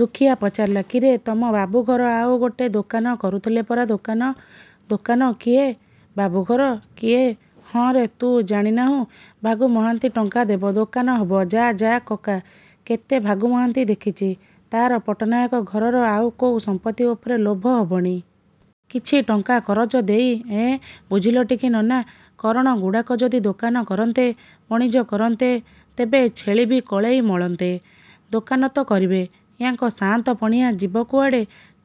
ଦୁଃଖୀଆ ପଚାରିଲା, ''କିରେ, ତମ ବାବୁଘର ଆଉ ଗୋଟେ ଦୋକାନ କରୁଥିଲେ ପରା ଦୋକାନ? ଦୋକାନ କିଏ, ବାବୁଘର କିଏ? ହଁରେ, ତୁ ଜାଣି ନାହୁଁ। ଭାଗୁ ମହାନ୍ତି ଟଙ୍କା ଦେବ, ଦୋକାନ ହବ। ଯା, ଯା କକା, କେତେ ଭାଗୁ ମହାନ୍ତି ଦେଖିଚି। ତା'ର ପଟ୍ଟନାୟକ ଘରର ଆଉ କୋଉ ସମ୍ପତ୍ତି ଉପରେ ଲୋଭ ହବଣି। କିଛି ଟଙ୍କା କରଜ ଦେଇ, ଏଁ? ବୁଝିଲଟିକି ନନା? କରଣଗୁଡ଼ାକ ଯଦି ଦୋକାନ କରନ୍ତେ, ବଣିଜ କରନ୍ତେ, ତେବେ ଛେଳିବି କଳେଇ ମଳନ୍ତେ। ଦୋକାନ ତ କରିବେ, ୟାଙ୍କ ସାଆନ୍ତ ପଣିଆ ଯିବ କୁଆଡ଼େ?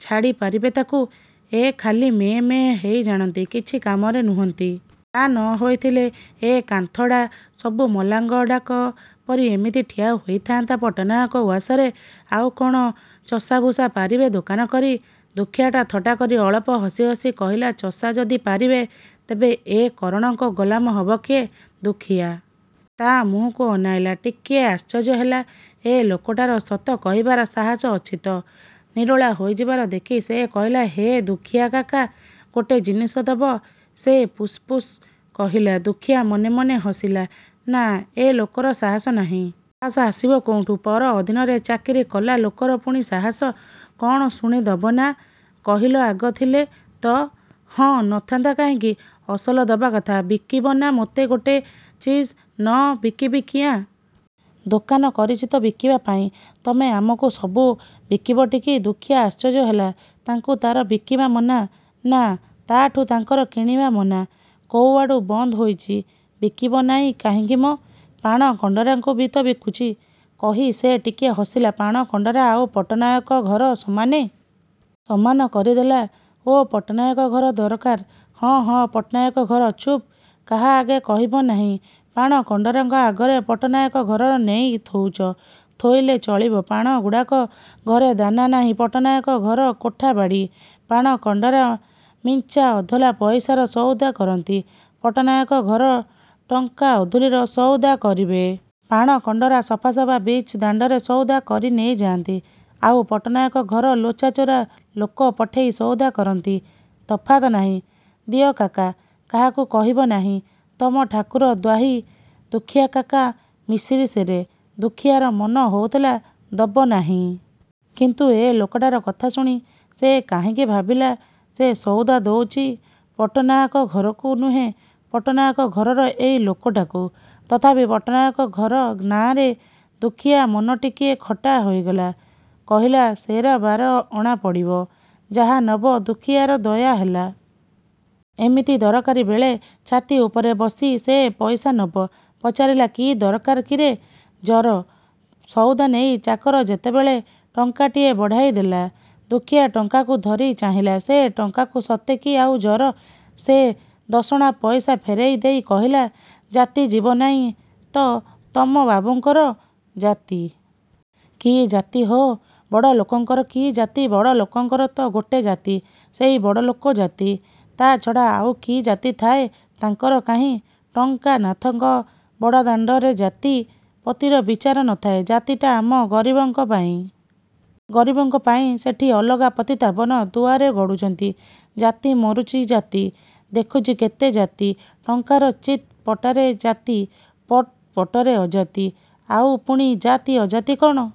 ଛାଡ଼ି ପାରିବେ ତାକୁ? ଏ ଖାଲି ମେଁ ମେଁ ହେଇ ଜାଣନ୍ତି, କିଛି କାମରେ ନୁହନ୍ତି। ତା' ନ ହେଇଥିଲେ, ଏ କାନ୍ଥଡ଼ା ସବୁ ମଲାଙ୍ଗଡ଼ାଙ୍କ ପରି ଏମିତି ଠିଆ ହେଇଥାଆନ୍ତା ପଟ୍ଟନାୟକ ଉଆସରେ? ଆଉ କ'ଣ ଚଷା ଭୁଷା ପାରିବେ ଦୋକାନ କରି?'' ଦୁଃଖୀଆ ଥଟ୍ଟା କରି ଅଳପ ହସି ହସି କହିଲାଚଷା ଯଦି ପାରିବେ, ତେବେ ଏ କରଣଙ୍କ ଗୋଲାମ ହବ କିଏ? ଦୁଃଖୀଆ ତା' ମୁହଁକୁ ଅନେଇଲା। ଟିକିଏ ଆଶ୍ଚର୍ଯ୍ୟ ହେଲା। ଏ ଲୋକଟାର ସତ କହିବାର ସାହସ ଅଛି ତ। ନିରୋଳା ହେଇଯିବାର ଦେଖି ସେ କହିଲା, ''ହେ ଦୁଃଖୀଆକାକା, ଗୋଟେ ଜିନିଷ ଦବ?ସେ ପୁସ ପୁସ କହିଲା। ଦୁଃଖୀଆ ମନେ ମନେ ହସିଲା। ନା, ଏ ଲୋକର ସାହସ ନାହିଁ। ସାହସ ଆସିବ କୋଉଠୁ? ପର ଅଧୀନରେ ଚାକିରି କଲା ଲୋକର ପୁଣି ସାହସ? କ'ଣ ଶୁଣେ ଦବ ନା କହିଲ ଆଗ ଥିଲେ ତ| ହଁ, ନଥାନ୍ତା କାହିଁକି। ଅସଲ ଦବା କଥା। ବିକିବ ନା ମୋତେ ଗୋଟେ ଚିଜ? ନ ବିକିବି କିଆଁ? ଦୋକାନ କରିଚି ତ ବିକିବାପାଇଁ। ତମେ ଆମକୁ ସବୁ ବିକିବଟିକି? ଦୁଃଖୀଆ ଆଶ୍ଚର୍ଯ୍ୟ ହେଲା। ତାଙ୍କୁ ତା'ର ବିକିବା ମନା, ନା, ତା'ଠୁ ତାଙ୍କର କିଣିବା ମନା? କୋଉଆଡ଼ୁ ବନ୍ଦ ହୋଇଛି? ବିକିବି ନାହିଁ କାହିଁକି ମ, ପାଣ କଣ୍ଡରାଙ୍କୁ ବି ତ ବିକୁଛି। କହି ସେ ଟିକିଏ ହସିଲା ପାଣ କଣ୍ଡରା ଆଉ ପଟ୍ଟନାୟକ ଘର ସମାନେ? ସମାନ କରିଦେଲ। ଓ, ପଟ୍ଟନାୟକ ଘର ଦରକାର?ହଁ, ହଁ, ପଟ୍ଟନାୟକ ଘର। ଚୁପ୍, କାହା ଆଗେ କହିବ ନାହିଁ। ପାଣ କଣ୍ଡରାଙ୍କ ଆଗରେ ପଟ୍ଟନାୟକ ଘରକୁ ନେଇ ଥୋଉଚ? ଥୋଇଲେ ଚଳିବ? ପାଣଗୁଡ଼ାକ, ଘରେ ଦାନା ନାହିଁ, ପଟ୍ଟନାୟକ ଘର କୋଠା ବାଡ଼ି। ପାଣ କଣ୍ଡରା ମିଞ୍ଚା ଅଧଲା ପଇସାର ସଉଦା କରନ୍ତି, ପଟ୍ଟନାୟକ ଘର ଟଙ୍କା ଅଧୁଲିର ସଉଦା କରିବେ। ପାଣ କଣ୍ଡରା ସଫା ସଫା ବିଚ ଦାଣ୍ଡରେ ସଉଦା କରି ନେଇଯାଆନ୍ତି, ଆଉ ପଟ୍ଟନାୟକ ଘର ଲୁଚାଚୋରା ଲୋକ ପଠେଇ ସଉଦା କରନ୍ତି। ତଫାତ ନାହିଁ? ଦିଅ କାକା! କାହାକୁ କହିବ ନାହିଁ। ତମ ଠାକୁର ଦ୍ୱାହି ଦୁଃଖୀଆକାକା, ମିଶିରି ସେରେ। ଦୁଃଖୀଆର ମନ ହଉଥିଲା, ଦବନାହିଁ। କିନ୍ତୁ ଏ ଲୋକଟାର କଥା ଶୁଣି ସେ କାହିଁକି ଭାବିଲା, ସେ ସଉଦା ଦଉଚି ପଟ୍ଟନାହାକ ଘରକୁ ନୁହେଁ, ପଟ୍ଟନାହାକ ଘରର ଏଇ ଲୋକଟାକୁ। ତଥାପି ପଟ୍ଟନାୟକ ଘର ନାଆଁରେ ଦୁଃଖୀଆ ମନଟିକିଏ ଖଟା ହେଇଗଲା। କହିଲା, ''ସେର ବାର ଅଣା ପଡ଼ିବ। ଯାହା ନବ ଦୁଃଖୀଆର ଦୟାହେଲା। ଏମିତି ଦରକାରୀ ବେଳରେ ଛାତି ଉପରେ ବସି ସେ ପଇସା ନବ? ପଚାରିଲା, କି ଦରକାର କିରେ? ଜର। ସଉଦା ନେଇ ଚାକର ଯେତେବେଳେ ଟଙ୍କାଟିଏ ବଢ଼ାଇ ଦେଲା, ଦୁଃଖୀଆ ଟଙ୍କାକୁ ଧରି ଚାହିଁଲା। ସେ ଟଙ୍କାକୁ ସତେ କି ଆଉ ଜର। ସେ ଦଶଣା ପଇସା ଫେରେଇ ଦେଇ କହିଲା, ''ଜାତି ଯିବନାହିଁ ତ ତମ ବାବୁଙ୍କର?'ଜାତି? କି ଜାତି ହୋ? ବଡ଼ଲୋକଙ୍କର କି ଜାତି? ବଡ଼ଲୋକଙ୍କର ତ ଗୋଟେ ଜାତି, ସେଇ ବଡ଼ଲୋକ ଜାତି, ତା' ଛଡ଼ା ଆଉ କି ଜାତି ଥାଏ ତାଙ୍କର, କାହିଁ? ଟଙ୍କା ନାଥଙ୍କ ବଡ଼ଦାଣ୍ଡରେ ଜାତି ପତିର, ବିଚାର ନ ଥାଏ। ଜାତିଟା ଆମ ଗରିବଙ୍କ ପାଇଁ। ଗରିବଙ୍କ ପାଇଁ ସେଠି ଅଲଗା ପତିତପାବନ ଦୁଆରେ ଗଡ଼ୁଛନ୍ତି। ଜାତି ମରୁଚି, ଜାତି। ଦେଖିଚି କେତେ ଜାତି। ଟଙ୍କାର ଚିତ୍ ପଟରେ ଜାତି, ପଟ୍ ପଟରେ ଅଜାତି। ଆଉ ପୁଣି ଜାତି ଅଜାତି କ'ଣ?